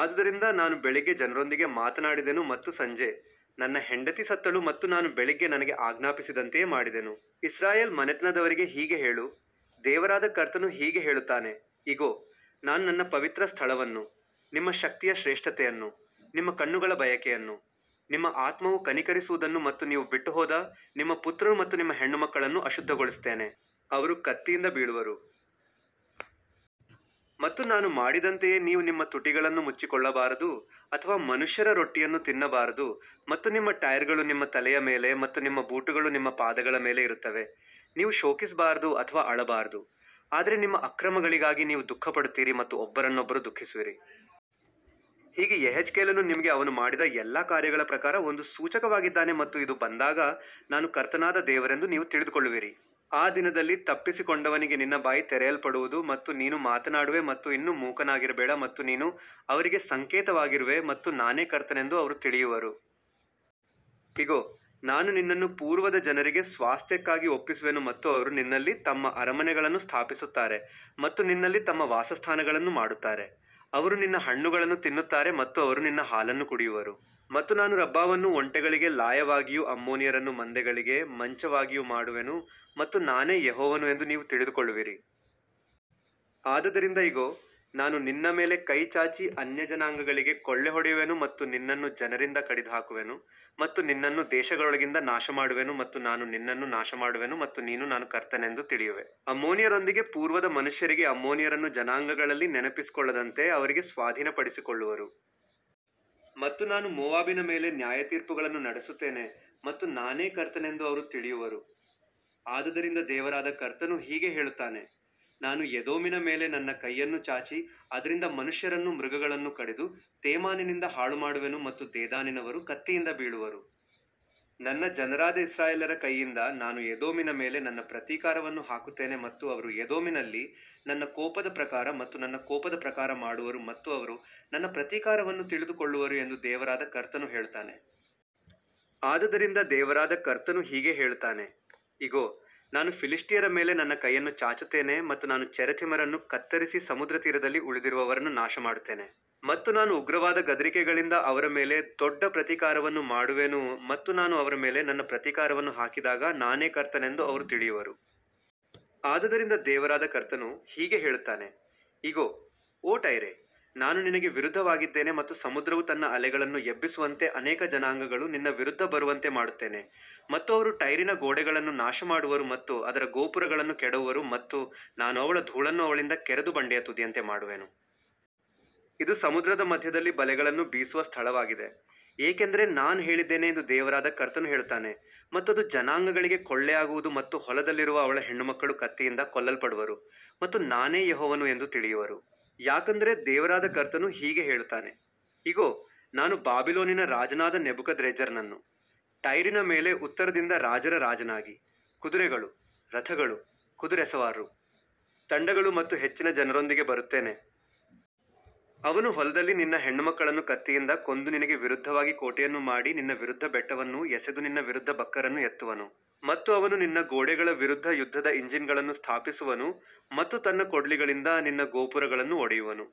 ಆದುದರಿಂದ ನಾನು ಬೆಳಿಗ್ಗೆ ಜನರೊಂದಿಗೆ ಮಾತನಾಡಿದೆನು ಮತ್ತು ಸಂಜೆ ನನ್ನ ಹೆಂಡತಿ ಸತ್ತಳು ಮತ್ತು ನಾನು ಬೆಳಿಗ್ಗೆ ನನಗೆ ಆಜ್ಞಾಪಿಸಿದಂತೆಯೇ ಮಾಡಿದೆನು. ಇಸ್ರಾಯೇಲ್ ಮನೆತನದವರಿಗೆ ಹೀಗೆ ಹೇಳು, ದೇವರಾದ ಕರ್ತನು ಹೀಗೆ ಹೇಳುತ್ತಾನೆ, ಇಗೋ, ನಾನು ನನ್ನ ಪವಿತ್ರ ಸ್ಥಳವನ್ನು, ನಿಮ್ಮ ಶಕ್ತಿಯ ಶ್ರೇಷ್ಠತೆಯನ್ನು, ನಿಮ್ಮ ಕಣ್ಣುಗಳ ಬಯಕೆಯನ್ನು, ನಿಮ್ಮ ಆತ್ಮವು ಕನಿಕರಿಸುವುದನ್ನು ಮತ್ತು ನೀವು ಬಿಟ್ಟುಹೋದ ನಿಮ್ಮ ಪುತ್ರರು ಮತ್ತು ನಿಮ್ಮ ಹೆಣ್ಣುಮಕ್ಕಳನ್ನು ಅಶುದ್ಧಗೊಳಿಸುತ್ತೇನೆ, ಅವರು ಕತ್ತಿಯಿಂದ ಬೀಳುವರು. ಮತ್ತು ನಾನು ಮಾಡಿದಂತೆಯೇ ನೀವು ನಿಮ್ಮ ತುಟಿಗಳನ್ನು ಮುಚ್ಚಿಕೊಳ್ಳಬಾರದು ಅಥವಾ ಮನುಷ್ಯರ ರೊಟ್ಟಿಯನ್ನು ತಿನ್ನಬಾರದು ಮತ್ತು ನಿಮ್ಮ ಟೈರ್ಗಳು ನಿಮ್ಮ ತಲೆಯ ಮೇಲೆ ಮತ್ತು ನಿಮ್ಮ ಬೂಟುಗಳು ನಿಮ್ಮ ಪಾದಗಳ ಮೇಲೆ ಇರುತ್ತವೆ, ನೀವು ಶೋಕಿಸಬಾರದು ಅಥವಾ ಅಳಬಾರದು, ಆದರೆ ನಿಮ್ಮ ಅಕ್ರಮಗಳಿಗಾಗಿ ನೀವು ದುಃಖಪಡುತ್ತೀರಿ ಮತ್ತು ಒಬ್ಬರನ್ನೊಬ್ಬರು ದುಃಖಿಸುವಿರಿ. ಹೀಗೆ ಯೆಹೆಜ್ಕೇಲನು ನಿಮಗೆ ಅವನು ಮಾಡಿದ ಎಲ್ಲಾ ಕಾರ್ಯಗಳ ಪ್ರಕಾರ ಒಂದು ಸೂಚಕವಾಗಿದ್ದಾನೆ ಮತ್ತು ಇದು ಬಂದಾಗ ನಾನು ಕರ್ತನಾದ ದೇವರೆಂದು ನೀವು ತಿಳಿದುಕೊಳ್ಳುವಿರಿ. ಆ ದಿನದಲ್ಲಿ ತಪ್ಪಿಸಿಕೊಂಡವನಿಗೆ ನಿನ್ನ ಬಾಯಿ ತೆರೆಯಲ್ಪಡುವುದು ಮತ್ತು ನೀನು ಮಾತನಾಡುವೆ ಮತ್ತು ಇನ್ನು ಮೂಕನಾಗಿರಬೇಡ ಮತ್ತು ನೀನು ಅವರಿಗೆ ಸಂಕೇತವಾಗಿರುವೆ ಮತ್ತು ನಾನೇ ಕರ್ತನೆಂದು ಅವರು ತಿಳಿಯುವರು. ಇಗೋ, ನಾನು ನಿನ್ನನ್ನು ಪೂರ್ವದ ಜನರಿಗೆ ಸ್ವಾಸ್ತ್ಯಕ್ಕಾಗಿ ಒಪ್ಪಿಸುವೆನು ಮತ್ತು ಅವರು ನಿನ್ನಲ್ಲಿ ತಮ್ಮ ಅರಮನೆಗಳನ್ನು ಸ್ಥಾಪಿಸುತ್ತಾರೆ ಮತ್ತು ನಿನ್ನಲ್ಲಿ ತಮ್ಮ ವಾಸಸ್ಥಾನಗಳನ್ನು ಮಾಡುತ್ತಾರೆ, ಅವರು ನಿನ್ನ ಹಣ್ಣುಗಳನ್ನು ತಿನ್ನುತ್ತಾರೆ ಮತ್ತು ಅವರು ನಿನ್ನ ಹಾಲನ್ನು ಕುಡಿಯುವರು. ಮತ್ತು ನಾನು ರಬ್ಬಾವನ್ನು ಒಂಟೆಗಳಿಗೆ ಲಾಯವಾಗಿಯೂ ಅಮ್ಮೋನಿಯರನ್ನು ಮಂದೆಗಳಿಗೆ ಮಂಚವಾಗಿಯೂ ಮಾಡುವೆನು ಮತ್ತು ನಾನೇ ಯೆಹೋವನು ಎಂದು ನೀವು ತಿಳಿದುಕೊಳ್ಳುವಿರಿ. ಆದದರಿಂದ ಇಗೋ, ನಾನು ನಿನ್ನ ಮೇಲೆ ಕೈ ಚಾಚಿ ಅನ್ಯಜನಾಂಗಗಳಿಗೆ ಕೊಳ್ಳೆಹೊಡೆಯುವೆನು ಮತ್ತು ನಿನ್ನನ್ನು ಜನರಿಂದ ಕಡಿದುಹಾಕುವೆನು ಮತ್ತು ನಿನ್ನನ್ನು ದೇಶಗಳೊಳಗಿಂದ ನಾಶಮಾಡುವೆನು ಮತ್ತು ನಾನು ನಿನ್ನನ್ನು ನಾಶಮಾಡುವೆನು ಮತ್ತು ನೀನು ನಾನು ಕರ್ತನೆಂದು ತಿಳಿಯುವೆ. ಅಮ್ಮೋನಿಯರೊಂದಿಗೆ ಪೂರ್ವದ ಮನುಷ್ಯರಿಗೆ ಅಮ್ಮೋನಿಯರನ್ನು ಜನಾಂಗಗಳಲ್ಲಿ ನೆನಪಿಸಿಕೊಳ್ಳದಂತೆ ಅವರಿಗೆ ಸ್ವಾಧೀನಪಡಿಸಿಕೊಳ್ಳುವರು. ಮತ್ತು ನಾನು ಮೋವಾಬಿನ ಮೇಲೆ ನ್ಯಾಯತೀರ್ಪುಗಳನ್ನು ನಡೆಸುತ್ತೇನೆ ಮತ್ತು ನಾನೇ ಕರ್ತನೆಂದು ಅವರು ತಿಳಿಯುವರು. ಆದದರಿಂದ ದೇವರಾದ ಕರ್ತನು ಹೀಗೆ ಹೇಳುತ್ತಾನೆ, ನಾನು ಎದೋಮಿನ ಮೇಲೆ ನನ್ನ ಕೈಯನ್ನು ಚಾಚಿ ಅದರಿಂದ ಮನುಷ್ಯರನ್ನೂ ಮೃಗಗಳನ್ನೂ ಕಡಿದು ತೇಮಾನಿನಿಂದ ಹಾಳುಮಾಡುವೆನು ಮತ್ತು ದೇದಾನಿನವರು ಕತ್ತಿಯಿಂದ ಬೀಳುವರು. ನನ್ನ ಜನರಾದ ಇಸ್ರಾಯೇಲ್ಯರ ಕೈಯಿಂದ ನಾನು ಎದೋಮಿನ ಮೇಲೆ ನನ್ನ ಪ್ರತೀಕಾರವನ್ನು ಹಾಕುತ್ತೇನೆ ಮತ್ತು ಅವರು ಎದೋಮಿನಲ್ಲಿ ನನ್ನ ಕೋಪದ ಪ್ರಕಾರ ಮತ್ತು ನನ್ನ ಕೋಪದ ಪ್ರಕಾರ ಮಾಡುವರು ಮತ್ತು ಅವರು ನನ್ನ ಪ್ರತೀಕಾರವನ್ನು ತಿಳಿದುಕೊಳ್ಳುವರು ಎಂದು ದೇವರಾದ ಕರ್ತನು ಹೇಳುತ್ತಾನೆ. ಆದದರಿಂದ ದೇವರಾದ ಕರ್ತನು ಹೀಗೆ ಹೇಳುತ್ತಾನೆ, ಇಗೋ, ನಾನು ಫಿಲಿಷ್ಟಿಯರ ಮೇಲೆ ನನ್ನ ಕೈಯನ್ನು ಚಾಚುತ್ತೇನೆ ಮತ್ತು ನಾನು ಚೆರೆಥಿಮರನ್ನು ಕತ್ತರಿಸಿ ಸಮುದ್ರತೀರದಲ್ಲಿ ಉಳಿದಿರುವವರನ್ನು ನಾಶಮಾಡುತ್ತೇನೆ. ಮತ್ತು ನಾನು ಉಗ್ರವಾದ ಗದರಿಕೆಗಳಿಂದ ಅವರ ಮೇಲೆ ದೊಡ್ಡ ಪ್ರತೀಕಾರವನ್ನು ಮಾಡುವೆನು ಮತ್ತು ನಾನು ಅವರ ಮೇಲೆ ನನ್ನ ಪ್ರತೀಕಾರವನ್ನು ಹಾಕಿದಾಗ ನಾನೇ ಕರ್ತನೆಂದು ಅವರು ತಿಳಿಯುವರು. ಆದದರಿಂದ ದೇವರಾದ ಕರ್ತನು ಹೀಗೆ ಹೇಳುತ್ತಾನೆ, ಇಗೋ, ಓ ಟೈರೇ, ನಾನು ನಿನಗೆ ವಿರುದ್ಧವಾಗಿದ್ದೇನೆ ಮತ್ತು ಸಮುದ್ರವು ತನ್ನ ಅಲೆಗಳನ್ನು ಎಬ್ಬಿಸುವಂತೆ ಅನೇಕ ಜನಾಂಗಗಳು ನಿನ್ನ ವಿರುದ್ಧ ಬರುವಂತೆ ಮಾಡುತ್ತೇನೆ ಮತ್ತು ಅವರು ಟೈರಿನ ಗೋಡೆಗಳನ್ನು ನಾಶಮಾಡುವರು ಮತ್ತು ಅದರ ಗೋಪುರಗಳನ್ನು ಕೆಡವುವರು ಮತ್ತು ನಾನು ಅವಳ ಧೂಳನ್ನು ಅವಳಿಂದ ಕೆರೆದು ಬಂಡೆಯ ತುದಿಯಂತೆ ಮಾಡುವೆನು. ಇದು ಸಮುದ್ರದ ಮಧ್ಯದಲ್ಲಿ ಬಲೆಗಳನ್ನು ಬೀಸುವ ಸ್ಥಳವಾಗಿದೆ, ಏಕೆಂದರೆ ನಾನು ಹೇಳಿದ್ದೇನೆ ಎಂದು ದೇವರಾದ ಕರ್ತನು ಹೇಳುತ್ತಾನೆ ಮತ್ತು ಅದು ಜನಾಂಗಗಳಿಗೆ ಕೊಳ್ಳೆಯಾಗುವುದು ಮತ್ತು ಹೊಲದಲ್ಲಿರುವ ಅವಳ ಹೆಣ್ಣುಮಕ್ಕಳು ಕತ್ತಿಯಿಂದ ಕೊಲ್ಲಲ್ಪಡುವರು ಮತ್ತು ನಾನೇ ಯೆಹೋವನು ಎಂದು ತಿಳಿಯುವರು. ಯಾಕಂದರೆ ದೇವರಾದ ಕರ್ತನು ಹೀಗೆ ಹೇಳುತ್ತಾನೆ, ಇಗೋ, ನಾನು ಬಾಬಿಲೋನಿನ ರಾಜನಾದ ನೆಬುಕದ್ರೆಜ್ಜರನನ್ನು, ಟೈರಿನ ಮೇಲೆ ಉತ್ತರದಿಂದ ರಾಜರ ರಾಜನಾಗಿ, ಕುದುರೆಗಳು, ರಥಗಳು, ಕುದುರೆಸವಾರರು, ತಂಡಗಳು ಮತ್ತು ಹೆಚ್ಚಿನ ಜನರೊಂದಿಗೆ ಬರುತ್ತೇನೆ. ಅವನು ಹೊಲದಲ್ಲಿ ನಿನ್ನ ಹೆಣ್ಣುಮಕ್ಕಳನ್ನು ಕತ್ತಿಯಿಂದ ಕೊಂದು ನಿನಗೆ ವಿರುದ್ಧವಾಗಿ ಕೋಟೆಯನ್ನು ಮಾಡಿ ನಿನ್ನ ವಿರುದ್ಧ ಬೆಟ್ಟವನ್ನು ಎಸೆದು ನಿನ್ನ ವಿರುದ್ಧ ಬಕ್ಕರ್ ಅನ್ನು ಎತ್ತುವನು. ಮತ್ತು ಅವನು ನಿನ್ನ ಗೋಡೆಗಳ ವಿರುದ್ಧ ಯುದ್ಧದ ಇಂಜಿನ್ಗಳನ್ನು ಸ್ಥಾಪಿಸುವನು ಮತ್ತು ತನ್ನ ಕೊಡಲಿಗಳಿಂದ ನಿನ್ನ ಗೋಪುರಗಳನ್ನು ಒಡೆಯುವನು.